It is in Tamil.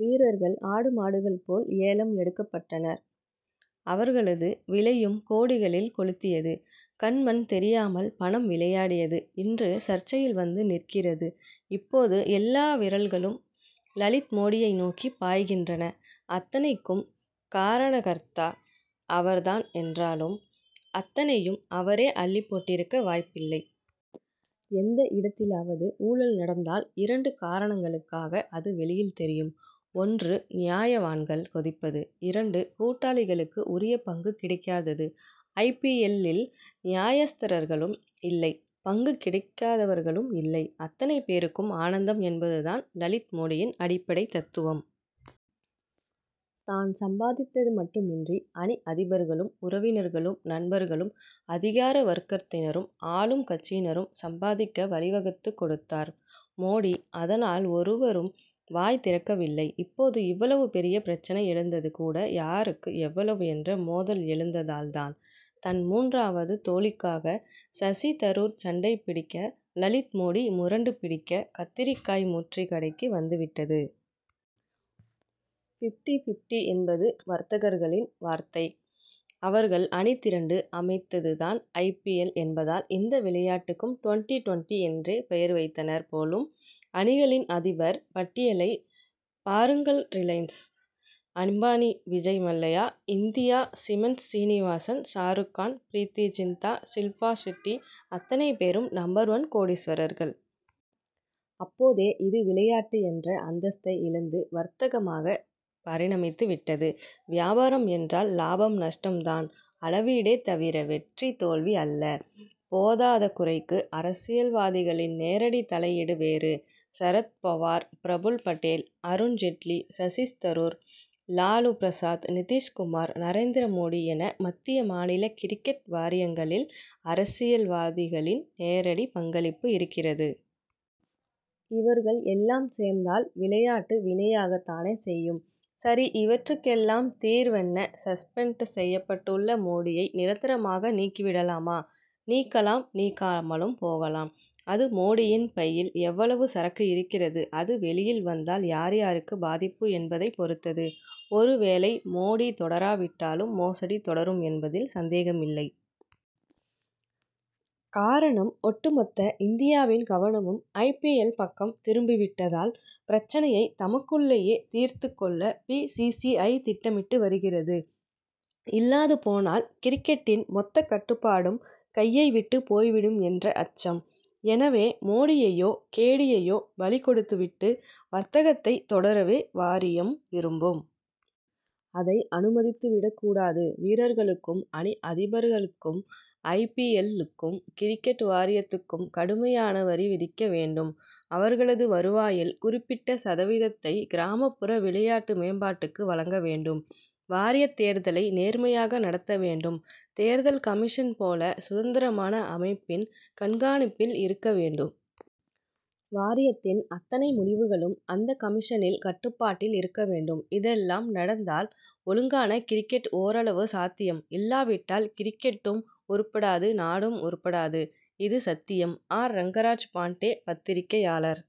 வீரர்கள், ஆடு, மாடுகள் போல் ஏலம் எடுக்கப்பட்டனர். அவர்களது விலையும் கோடிகளில் கொளுத்தியது. கண், மண் தெரியாமல் பணம் விளையாடியது இன்று, சர்ச்சையில் வந்து நிற்கிறது. இப்போது எல்லா விரல்களும், லலித் மோடியை நோக்கி பாய்கின்றன. அத்தனைக்கும் காரணகர்த்தா அவர் தான் என்றாலும், அத்தனையையும் அவரே அள்ளிப் போட்டிருக்க வாய்ப்பில்லை. எந்த இடத்திலாவது ஊழல் நடந்தால், இரண்டு காரணங்களுக்காக அது வெளியில் தெரியும். ஒன்று, நியாயவான்கள் கொதிப்பது இரண்டு, கூட்டாளிகளுக்கு உரிய பங்கு கிடைக்காதது. ஐ. பி. எல்.,லில் நியாயஸ்தர்களும் இல்லை பங்கு கிடைக்காதவர்களும் இல்லை அத்தனை பேருக்கும் ஆனந்தம்' என்பது தான் லலித் மோடியின் அடிப்படை தத்துவம். தான் சம்பாதித்தது மட்டுமின்றி, அணி அதிபர்களும், உறவினர்களும், நண்பர்களும், அதிகார வர்க்கத்தினரும், ஆளும் கட்சியினரும் சம்பாதிக்க வழிவகுத்துக் கொடுத்தார் மோடி. அதனால் ஒருவரும் வாய் திறக்கவில்லை. இப்போது இவ்வளவு பெரிய பிரச்னை எழுந்தது கூட, யாருக்கு எவ்வளவு என்ற மோதல் எழுந்ததால் தான். தன் மூன்றாவது தோழிக்காக சசி தரூர் சண்டை பிடிக்க, லலித் மோடி முரண்டு பிடிக்க, கத்தரிக்காய் முற்றி கடைக்கு வந்துவிட்டது. பிப்டி பிப்டி' என்பது வர்த்தகர்களின் வார்த்தை. அவர்கள் அணி திரண்டு அமைத்தது தான் ஐ. பி. எல்., என்பதால், இந்த விளையாட்டுக்கும், டுவென்டி டுவென்டி' என்றே பெயர் வைத்தனர் போலும். அணிகளின் அதிபர் பட்டியலைப் பாருங்கள்ரிலையன்ஸ் அம்பானி, விஜய் மல்லையா, இந்தியா சிமென்ட்ஸ் சீனிவாசன், ஷாருக் கான், பிரீத்தி ஜிந்தா, ஷில்பா ஷெட்டிஅத்தனை பேரும் நம்பர் ஒன் கோடீஸ்வரர்கள். அப்போதே இது, விளையாட்டு என்ற அந்தஸ்தை இழந்து, வர்த்தகமாக பரிணமித்துவிட்டது. வியாபாரம் என்றால், லாபம் நஷ்டம் தான் அளவீடே தவிர, வெற்றி தோல்வி அல்ல. போதாதகுறைக்கு, அரசியல்வாதிகளின் நேரடி தலையீடு வேறு. சரத் பவார், பிரபுல் படேல், அருண் ஜெட்லி, சசி தரூர், லாலு பிரசாத், நிதிஷ் குமார், நரேந்திர மோடி என, மத்திய, மாநில கிரிக்கெட் வாரியங்களில், அரசியல்வாதிகளின் நேரடி பங்களிப்பு இருக்கிறது. இவர்கள் எல்லாம் சேர்ந்தால், விளையாட்டு வினையாகத் தானே செய்யும்! சரி, இவற்றுக்கெல்லாம் தீர்வென்ன? சஸ்பெண்ட் செய்யப்பட்டுள்ள மோடியை நிரந்தரமாக நீக்கிவிடலாமா? நீக்கலாம் நீக்காமலும் போகலாம். அது, மோடியின் பையில் எவ்வளவு சரக்கு இருக்கிறது அது வெளியில் வந்தால் யார் யாருக்கு பாதிப்பு என்பதைப் பொறுத்தது. ஒருவேளை மோடி தொடராவிட்டாலும், மோசடி தொடரும் என்பதில் சந்தேகமில்லை. காரணம், ஒட்டுமொத்த இந்தியாவின் கவனமும் ஐ. பி. எல்., பக்கம் திரும்பிவிட்டதால், பிரச்னையை தமக்குள்ளேயே, தீர்த்துக்கொள்ள' பி. சி. சி. ஐ., திட்டமிட்டு வருகிறது. இல்லாது போனால், கிரிக்கெட்டின் மொத்த கட்டுப்பாடும், கையை விட்டுப் போய்விடும் என்ற அச்சம். எனவே, மோடியையோ, கேடியையையோ பலி கொடுத்துவிட்டு, வர்த்தகத்தைத் தொடரவே வாரியம் விரும்பும். அதை அனுமதித்துவிடக் கூடாது. வீரர்களுக்கும், அணி அதிபர்களுக் கும், ஐ. பி. எல்.,லுக்கும், கிரிக்கெட் வாரியத்துக்கும் கடுமையான வரி விதிக்க வேண்டும். அவர்களது வருவாயில் குறிப்பிட்ட சதவீதத்தை கிராமப்புற விளையாட்டு மேம்பாட்டுக்கு வழங்க வேண்டும். வாரியத் தேர்தலை நேர்மையாக நடத்த வேண்டும். தேர்தல் கமிஷன் போல, சுதந்திரமான அமைப்பின் கண்காணிப்பில் இருக்க வேண்டும். வாரியத்தின் அத்தனை முடிவுகளும், அந்தக் கமிஷனின் கட்டுப்பாட்டில் இருக்க வேண்டும். இதெல்லாம் நடந்தால், ஒழுங்கான கிரிக்கெட், ஓரளவு சாத்தியம். இல்லாவிட்டால் கிரிக்கெட்டும் உருப்படாது நாடும் உருப்படாது. இது சத்தியம்! ஆர். ரங்கராஜ் பாண்டே பத்திரிகையாளர்